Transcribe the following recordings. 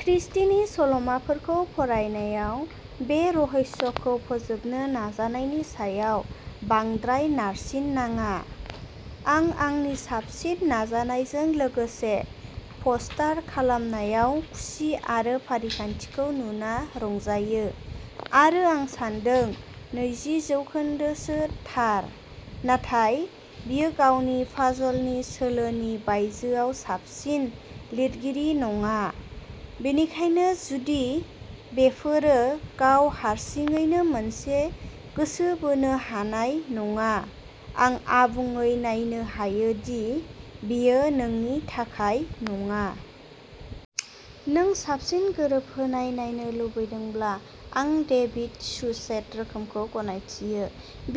क्रिस्टीनि सल'माफोरखौ फरायनायाव बे रहस्यखौ फोजोबनो नाजानायनि सायाव बांद्राय नारसिननाङा, आं आंनि साबसिन नाजानायजों लोगोसे पस्टार खालामनायाव खुसि आरो फारिखान्थिखौ नुना रंजायो, आरो आं सान्दों नैजि जौखोन्दोसो थार, नाथाय बियो गावनि पाजलनि सोलोनि बायजोआव साबसिन लिरगिरि नङा, बेनिखायनो जुदि बेफोरो गाव हारसिङैनो मोनसे गोसो बोनो हानाय नङा, आं आबुङै नायनो हायो दि बेयो नोंनि थाखाय नङा! नों साबसिन गोरोबहोनाय नायनो लुबैदोंब्ला, आं डेभिड सुचेत रोखोमखौ गनायथियो।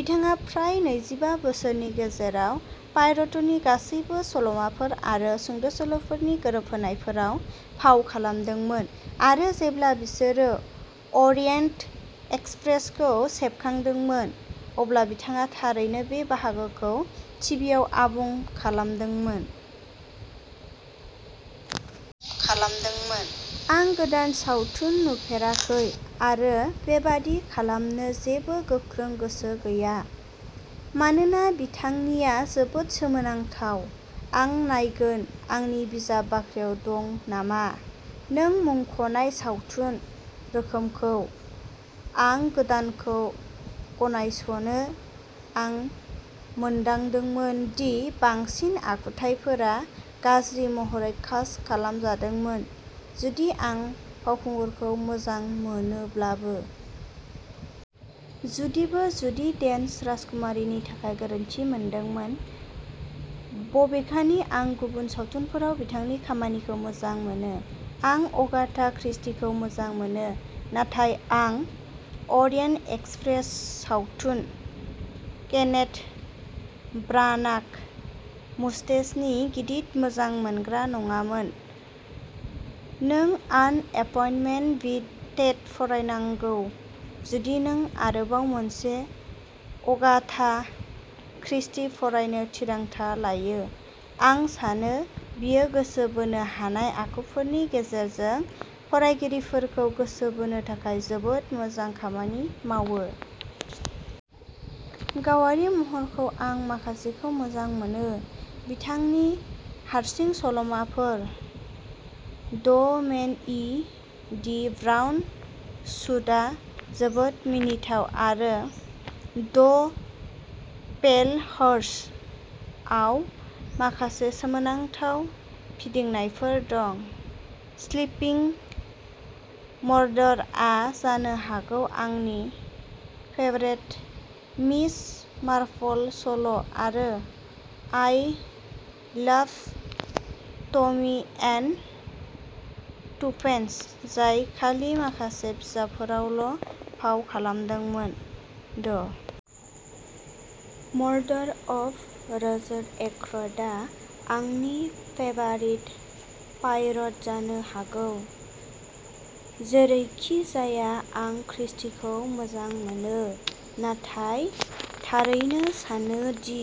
बिथाङा फ्राय नैजिबा बोसोरनि गेजेराव पायर'टनि गासैबो सल'माफोर आरो सुंद'सल'फोरनि गोरोबहोनायफोराव फाव खालामदोंमोन, आरो जेब्ला बिसोरो अरियेन्ट एक्सप्रेसखौ सेबखांदोंमोन, अब्ला बिथाङा थारैनो बे बाहागोखौ टिभिआव आबुं खालामदोंमोन। खालामदोंमोन आं गोदान सावथुन नुफेराखै आरो बेबादि खालामनो जेबो गोख्रों गोसो गैया, मानोना बिथांनिआ जोबोद सोमोनांथाव। आं नायगोन आंनि बिजाब बाख्रियाव दं नामा। नों मुंख'नाय सावथुन रोखोमखौ। आं गोदानखौ गनायस'नो। आं मोनदांदोंमोन दि बांसिन आखुथाइफोरा गाज्रि महरै कास्ट खालामजादोंमोन, जुदि आं फावखुंगुरखौ मोजां मोनोब्लाबो। जुदिबो जुडी डेन्च राजकुमारीनि थाखाय गोरोन्थि मोनदोंमोन, बबेखानि आं गुबुन सावथुनफोराव बिथांनि खामानिखौ मोजां मोनो। आं अगाथा क्रिस्टीखौ मोजां मोनो, नाथाय आं अरियेन्ट एक्सप्रेस सावथुन, केनेथ ब्रानाग, मुस्टेसनि गिदिर मोजां मोनग्रा नङामोन। नों आन एपइन्टमेन्ट विद डेथ फरायनांगौ जुदि नों आरोबाव मोनसे अगाथा क्रिस्टी फरायनो थिरांथा लायो, आं सानो बेयो गोसो बोनो हानाय आखुफोरनि गेजेरजों फरायगिरिफोरखौ गोसो बोनो थाखाय जोबोद मोजां खामानि मावो। गावारि महरै, आं माखासेखौ मोजां मोनो। बिथांनि हारसिं सल'माफोर 'the man in the brown सूट'आ जोबोद मिनिथाव, आरो 'द पेल हार्स' आव माखासे सोमोनांथाव फिदिंनायफोर दं।'स्लीपिंग मर्डर'आ जानो हागौ आंनि फेबारिट मिस मार्पल सल', आरो I love Tommy and Tuppence, जाय खालि माखासे बिजाबफोरावल' फाव खालामदोंमोन।'द मर्डर ऑफ रोजर एक्रयड'आ आंनि फेबारिट पायरट जानो हागौ। जेरैखिजाया, आं क्रिस्टीखौ मोजां मोनो, नाथाय थारैनो सानो दि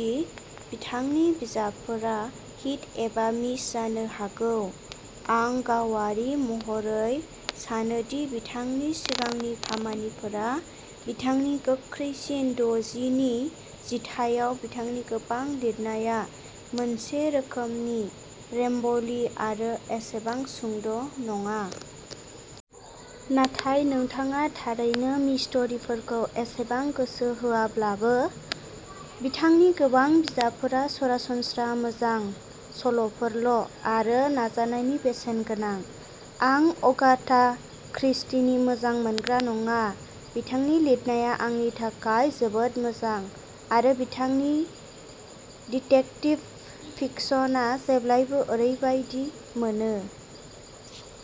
बिथांनि बिजाबफोरा हिट एबा मिस जानो हागौ। आं गावारि महरै सानो दि बिथांनि सिगांनि खामानिफोरा बिथांनि गोख्रैसिन-द'जि नि जिथायाव बिथांनि गोबां लिरनाया मोनसे रोखोमनि रेम्बली आरो एसेबां सुंद' नङा। नाथाय नोंथाङा थारैनो मिस्टरीफोरखौ एसेबां गोसो होआब्लाबो, बिथांनि गोबां बिजाबफोरा सरासनस्रा मोजां सल'फोरल', आरो नाजानायनि बेसेन गोनां। आं अगाथा क्रिस्टीनि मोजां मोनग्रा नङा, बिथांनि लिरनाया आंनि थाखाय जोबोद मोजां, आरो बिथांनि डिटेक्टिभ फिक्शनआ जेब्लाबो ओरैबादि मोनो।